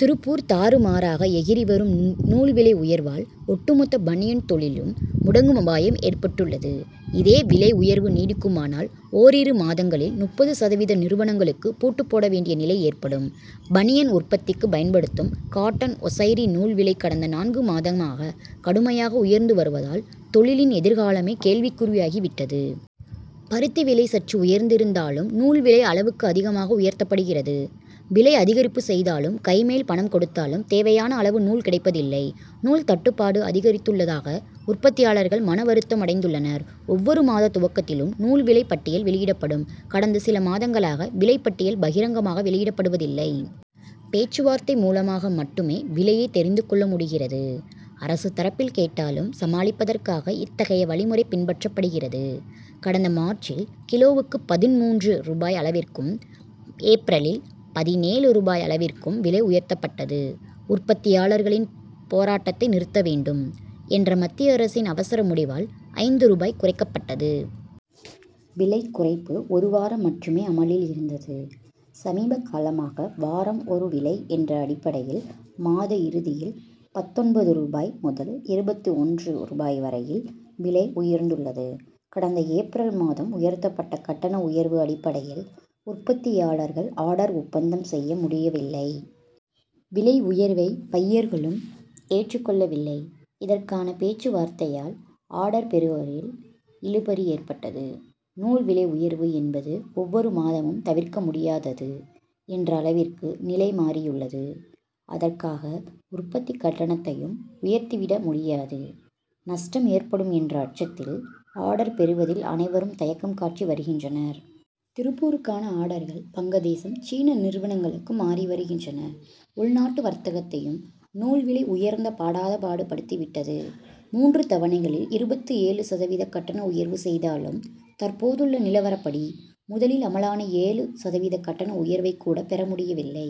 திருப்பூர் தாறுமாறாக எகிறி வரும் நூல் விலை உயர்வால், ஒட்டுமொத்த பனியன் தொழிலும் முடங்கும் அபாயம் ஏற்பட்டுள்ளது. இதேவிலை உயர்வு நீடிக்குமானால், ஓரிரு மாதங்களில், முப்பது சதவீத நிறுவனங்களுக்கு பூட்டுப்போட வேண்டிய நிலை ஏற்படும். பனியன் உற்பத்திக்கு பயன்படுத்தும், காட்டன் ஒசைரி நூல் விலை கடந்த நான்கு மாதமாக கடுமையாக உயர்ந்து வருவதால், தொழிலின் எதிர்காலமே கேள்விக்குறியாகி விட்டது. பருத்தி விலை சற்று உயர்ந்திருந்தாலும், நூல் விலை அளவுக்கு அதிகமாக உயர்த்தப்படுகிறது. விலை அதிகரிப்பு செய்தாலும், கைமேல் பணம் கொடுத்தாலும், தேவையான அளவு நூல் கிடைப்பதில்லை. நூல் தட்டுப்பாடு அதிகரித்துள்ளதாக உற்பத்தியாளர்கள் மனவருத்தம் அடைந்துள்ளனர். ஒவ்வொரு மாத துவக்கத்திலும் நூல் விலை பட்டியல் வெளியிடப்படும். கடந்த சிலமாதங்களாக, விலை பட்டியல் பகிரங்கமாக வெளியிடப்படுவதில்லை. பேச்சுவார்த்தை மூலமாக மட்டுமே விலையை தெரிந்துகொள்ள முடிகிறது. அரசு தரப்பில் கேட்டாலும், சமாளிப்பதற்காக இத்தகைய வழிமுறை பின்பற்றப்படுகிறது. கடந்த மார்ச்சில், கிலோவுக்கு பதின்மூன்று ரூபாய் அளவிற்கும், ஏப்ரலில் பதினேழு ரூபாய் அளவிற்கும் விலை உயர்த்தப்பட்டது. உற்பத்தியாளர்களின் போராட்டத்தை நிறுத்த வேண்டும் என்ற மத்திய அரசின் அவசர முடிவால், ஐந்து ரூபாய் குறைக்கப்பட்டது. விலை குறைப்பு ஒருவாரம் மட்டுமே அமலில் இருந்தது. சமீபகாலமாக, வாரம் ஒருவிலை என்ற அடிப்படையில், மாத இறுதியில், பத்தொன்பது ரூபாய் முதல் இருபத்து ஒன்று ரூபாய் வரையில் விலை உயர்ந்துள்ளது. கடந்த ஏப்ரல் மாதம் உயர்த்தப்பட்ட கட்டண உயர்வு அடிப்படையில், உற்பத்தியாளர்கள் ஆர்டர் ஒப்பந்தம் செய்ய முடியவில்லை. விலை உயர்வை பையர்களும் ஏற்றுக்கொள்ளவில்லை. இதற்கான பேச்சுவார்த்தையால், ஆர்டர் பெறுவதில் இழுபறி ஏற்பட்டது. நூல் விலை உயர்வு என்பது ஒவ்வொரு மாதமும் தவிர்க்க முடியாதது என்ற அளவிற்கு நிலை மாறியுள்ளது. அதற்காக, உற்பத்தி கட்டணத்தையும் உயர்த்திவிட முடியாது. நஷ்டம் ஏற்படும் என்ற அச்சத்தில், ஆர்டர் பெறுவதில் அனைவரும் தயக்கம் காட்டி வருகின்றனர். திருப்பூருக்கான ஆர்டர்கள், வங்கதேசம், சீன நிறுவனங்களுக்கு மாறிவருகின்றன. உள்நாட்டு வர்த்தகத்தையும், நூல் விலை உயர்ந்த படாதபாடு படுத்திவிட்டது. மூன்று தவணைகளில், இருபத்து ஏழு சதவீதம் கட்டண உயர்வு செய்தாலும், தற்போதுள்ள நிலவரப்படி முதலில் அமலான ஏழு சதவீத கட்டண உயர்வை கூட பெறமுடியவில்லை.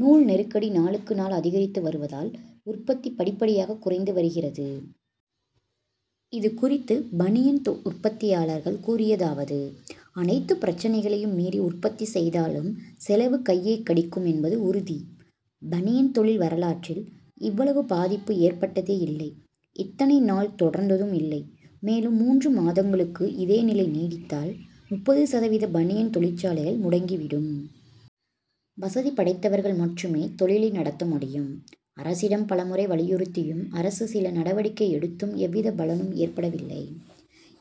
நூல்நெருக்கடி நாளுக்கு நாள் அதிகரித்து வருவதால் உற்பத்தி படிப்படியாக குறைந்து வருகிறது. இதுகுறித்து பனியன் உற்பத்தியாளர்கள் கூறியதாவது அனைத்து பிரச்னைகளையும் மீறி உற்பத்தி செய்தாலும், செலவு கையை கடிக்கும் என்பது உறுதி. பனியன் தொழில் வரலாற்றில், இவ்வளவு பாதிப்பு ஏற்பட்டதே இல்லை; இத்தனை நாள் தொடர்ந்ததும் இல்லை. மேலும் மூன்று மாதங்களுக்கு இதேநிலை நீடித்தால், முப்பது சதவீத பனியன் தொழிற்சாலைகள் முடங்கிவிடும். வசதிபடைத்தவர்கள் மட்டுமே தொழிலை நடத்த முடியும். அரசிடம் பலமுறை வலியுறுத்தியும், அரசு சில நடவடிக்கை எடுத்தும் எவ்வித பலனும் ஏற்படவில்லை.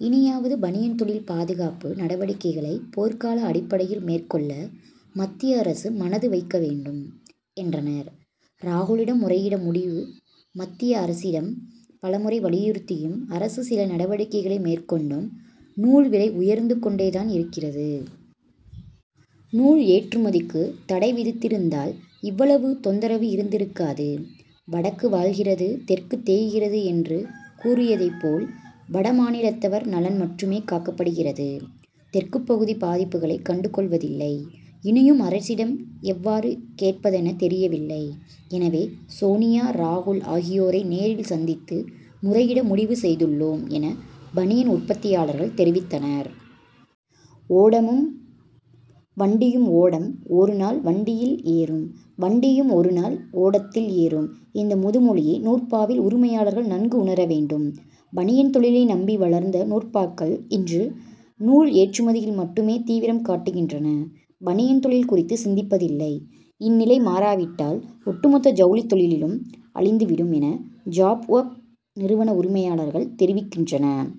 இனியாவது பனியன் தொழில் பாதுகாப்பு நடவடிக்கைகளை போர்க்கால அடிப்படையில் மேற்கொள்ள, மத்திய அரசு மனது வைக்க வேண்டும், என்றனர். ராகுலிடம் முறையிட முடிவு மத்திய அரசிடம் பலமுறை வலியுறுத்தியும், அரசு சில நடவடிக்கைகளை மேற்கொண்டும் நூல் விலை உயர்ந்துகொண்டே தான் இருக்கிறது. நூல் ஏற்றுமதிக்கு தடைவிதித்திருந்தால், இவ்வளவு தொந்தரவு இருந்திருக்காது. "வடக்கு வாழ்கிறது தெற்கு தேய்கிறது' என்று கூறியதை போல், வடமாநிலத்தவர் நலன் மட்டுமே காக்கப்படுகிறது. தெற்குப்பகுதி பாதிப்புகளை கண்டுகொள்வதில்லை. இனியும் அரசிடம் எவ்வாறு கேட்பதென தெரியவில்லை. எனவே, சோனியா, ராகுல் ஆகியோரை நேரில் சந்தித்து முறையிட முடிவு செய்துள்ளோம் என, பனியன் உற்பத்தியாளர்கள் தெரிவித்தனர். ஓடமும், வண்டியும் ஓடம் ஓருநாள் வண்டியில் ஏறும். வண்டியும் ஓருநாள் ஓடத்தில் ஏறும்' இந்த முதுமொழியை நூற்பாலை உரிமையாளர்கள் நன்கு உணரவேண்டும். பனியன் தொழிலை நம்பி வளர்ந்த நூற்பாக்கள் இன்று, நூல் ஏற்றுமதியில் மட்டுமே தீவிரம் காட்டுகின்றன; பனியன் தொழில் குறித்து சிந்திப்பதில்லை. இந்நிலை மாறாவிட்டால், ஒட்டுமொத்த ஜவுளித்தொழிலும் அழிந்துவிடும் என, ஜாப் ஒர்க் நிறுவன உரிமையாளர்கள் தெரிவிக்கின்றனர்.